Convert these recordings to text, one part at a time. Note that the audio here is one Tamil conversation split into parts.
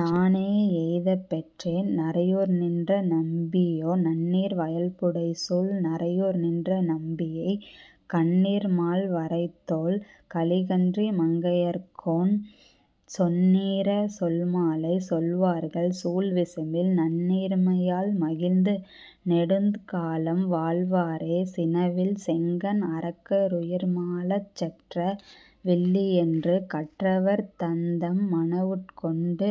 நானே யெய்தப்பெற்றேன் நறையூர்நின்ற நம்பீயோ. நன்னீர் வயல்புடைசூழ் நறையூர்நின்ற நம்பியை கன்னீர் மால்வரைத்தோள் கலிகன்றி மங்கையர்கோன், சொன்னீர சொல்மாலை சொல்வார்கள், சூழ்விசும்பில் நன்னீர்மை யால்மகிழ்ந்து நெடுந்காலம் வாழ்வாரே சினவில் செங்கண் அரக்க ருயிர்மாளச் செற்ற வில்லியென்று கற்றவர் தந்தம் மனவுட் கொண்டு,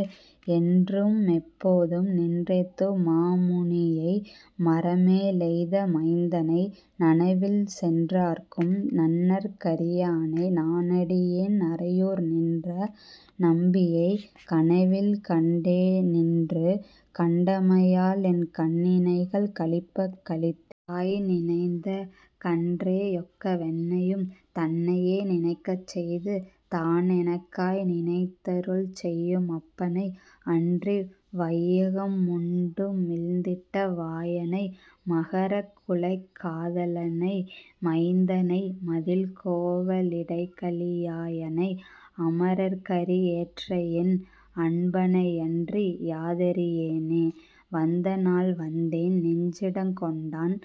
என்று மெப்போதும் நின்றேத்தும் மாமுனி யைமர மேலெய்த மைந்தனை, நனவில் சென்றார்க்கும் நண்ணற் கரியானை நானடி யேன்நறை யூர்நின்ற நம்பியை, கனவில் கண்டே னின்றுகண் டமையாலென் கண்ணி ணைகள் களிப்பக் களித். தாய்நி னைந்தகன் றேயொக்க வென்னையும் தன்னை யேநினைக் கச்செய்து, தானெனக் காய்நி னைத்தருள் செய்யு மப்பனை அன்றிவ் வையக முண்டுமில்ந் திட்ட வாய னை, மக ரக்குலைக் காதலனை மைந்த னைமதிள் கோவ லிடைகழி யாயனை, அம ரர்க்கரி யேற்றையென் அன்ப னையன்றி யாதரி யேனே. வந்த நாள்வந்தென் நெஞ்சிடங் கொண்டான்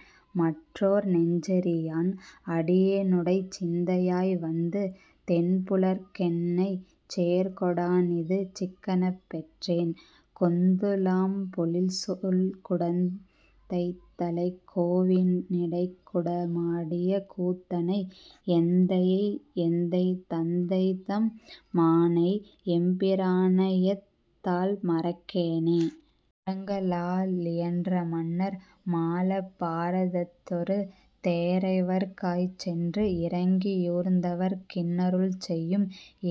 மற்றோர் நெஞ்சறி யான், அடி யேனுடைச் சிந்தை யாய்வந்து தென்புலர்க் கென்னைச் சேர்கொ டானிது சிக்கெனப் பெற்றேன், கொந்து லாம்பொலில் சூல்குடந் தைத்தலைக் கோவி னிடைக்குட மாடிய கூத்தனை, எந்தை யையெந்தை தந்தைதம் மானை எம்பி ரானையெத் தால்மறக் கேனே?. உரங்க ளாலியன் றமன்னர் மாளப் பார தத்தொரு தேரைவர்க் காய்ச்சென்று, இரங்கி யூர்ந்தவர்க் கின்னருள் செய்யும்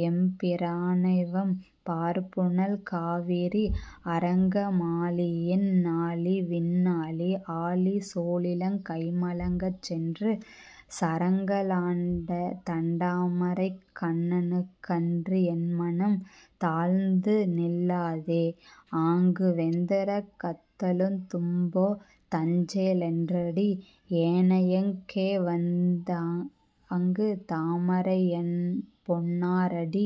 எம்பி ரானைவம் பார்புனல் காவிரி, அரங்க மாளியென் னாளிவிண் ணாளி ஆலி சூலிலங் கைமலங் கச்சென்று, சரங்க ளாண்டதண் டாமரைக் கண்ணனுக் கன்றி யென்மனம் தால்ந்துநில் லாதே. ஆங்கு வெந்தர கத்தலுந் தும்போ தஞ்சே லென்றடி யேனையங் கேவந்து தாங்கு, தாமரை யன்னபொன் னாரடி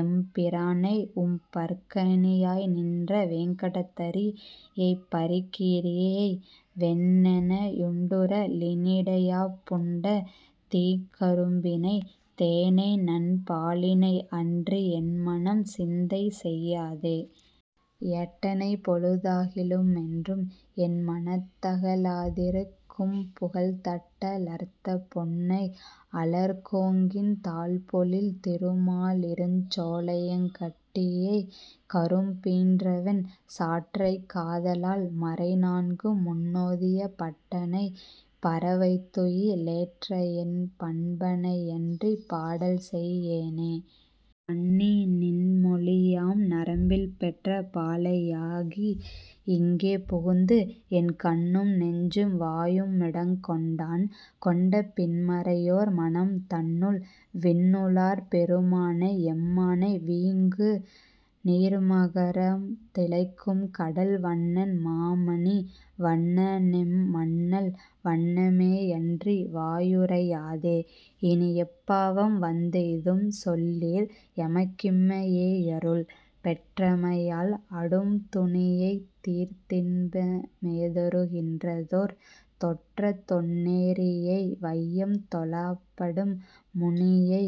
எம்பி ரானை உம் பர்க்கணி யாய்நின்ற, வேங்கடத்தரி யைப்பரி கீறியை வெண்ணென யுண்டுர லினிடை யாப்புண்ட தீங்க ரும்பினை, தேனைநன் பாலினை அன்றி யென்மனம் சிந்தைசெய் யாதே. எட்ட னைப்பொலு தாகிலு மென்றும் என்ம னத்தக லாதிருக் கும்புகல், தட்ட லர்த்தபொன் னை அலர் கோங்கின் தாழ்பொ லில்திரு மாலிருஞ் சோலையங் கட்டி யை, கரும் பீன்றவின் சாற்றைக் காத லால்மறை நான்குமுன் னோதிய பட்ட னை, பர வைத்துயி லேற்றையென் பண்ப னையன்றிப் பாடல்செய் யேனே. பண்ணி னின்மொலி யாம்நரம் பில்பெற்ற பாலை யாகி யிங்கே புகுந்து, என் கண்ணும் நெஞ்சும் வாயுமி டங்கொண்டான் கொண்ட பின்மறை யோர்மனம் தன்னுள், விண்ணு ளார்பெரு மானையெம் மானை வீங்கு நீர்மக ரம்திளைக் கும்கடல் வண்ணன் மாமணி வண்ணனெம் மண்ணல் வண்ண மேயன்றி வாயுரை யாதே. இனியெப் பாவம்வந் தெய்தும்சொல் லீர் எமக் கிம்மை யேயருள் பெற்றமை யால், அடும் துனியைத் தீர்த்தின்ப மேதரு கின்றதோர் தோற்றத் தொன்னெறி யை, வையம் தொலப்படும் முனியை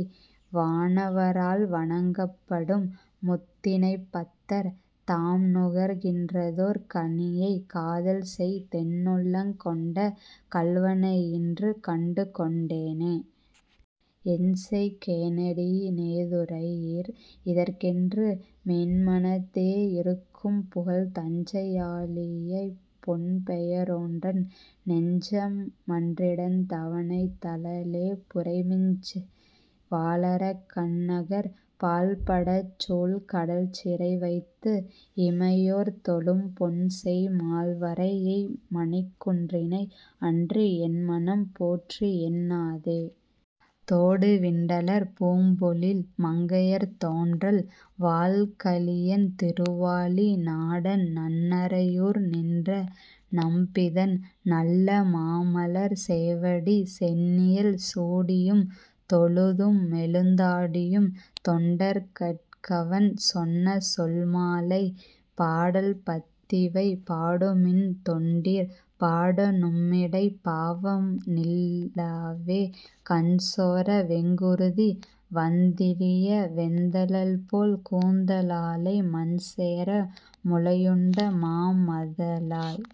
வானவ ரால்வணங் கப்படும் முத்தி னைப்பத்தர் தாம்நுகர் கின்றதோர் கனியை, காதல்செய் தென்னுள்ளங் கொண்ட கள்வ னையின்று கண்டுகொண் டேனே. என்செய் கேனடி னேதுரை யீர் இதற் கென்று மென்மனத் தேயிருக் கும்புகல், தஞ்சை யாளியைப் பொன்பெய ரோன்றன் நெஞ்ச மன்றிடந் தவனைத்தல லேபுரை மிஞ்செய் வாளரக் கன்நகர் பால்படச் சூல்க டல்சிறை வைத்து இமை யோர்தொலும், பொன்செய் மால்வரை யைமணிக் குன்றினை அன்றி யென்மனம் போற்றியென் னாதே. தோடு விண்டலர் பூம்பொலில் மங்கையர் தோன்றல் வாள்கலி யன்திரு வாலி நாடன், நன்னறை யூர்நின்ற நம்பிதன் நல்ல மாமலர் சேவடி, சென்னியில் சூடி யும்தொலு துமெலுந் தாடியும் தொண்டர் கட்கவன் சொன்னசொல் மாலை, பாடல் பத்திவை பாடுமின் தொண்டீர். பாட நும்மிடைப் பாவம்நில் லாவே. கண்சோர வெங்குருதி வந்திலிய வெந்தலல்போல் கூந்த லாளை, மண்சேர முலையுண்ட மாமதலாய்.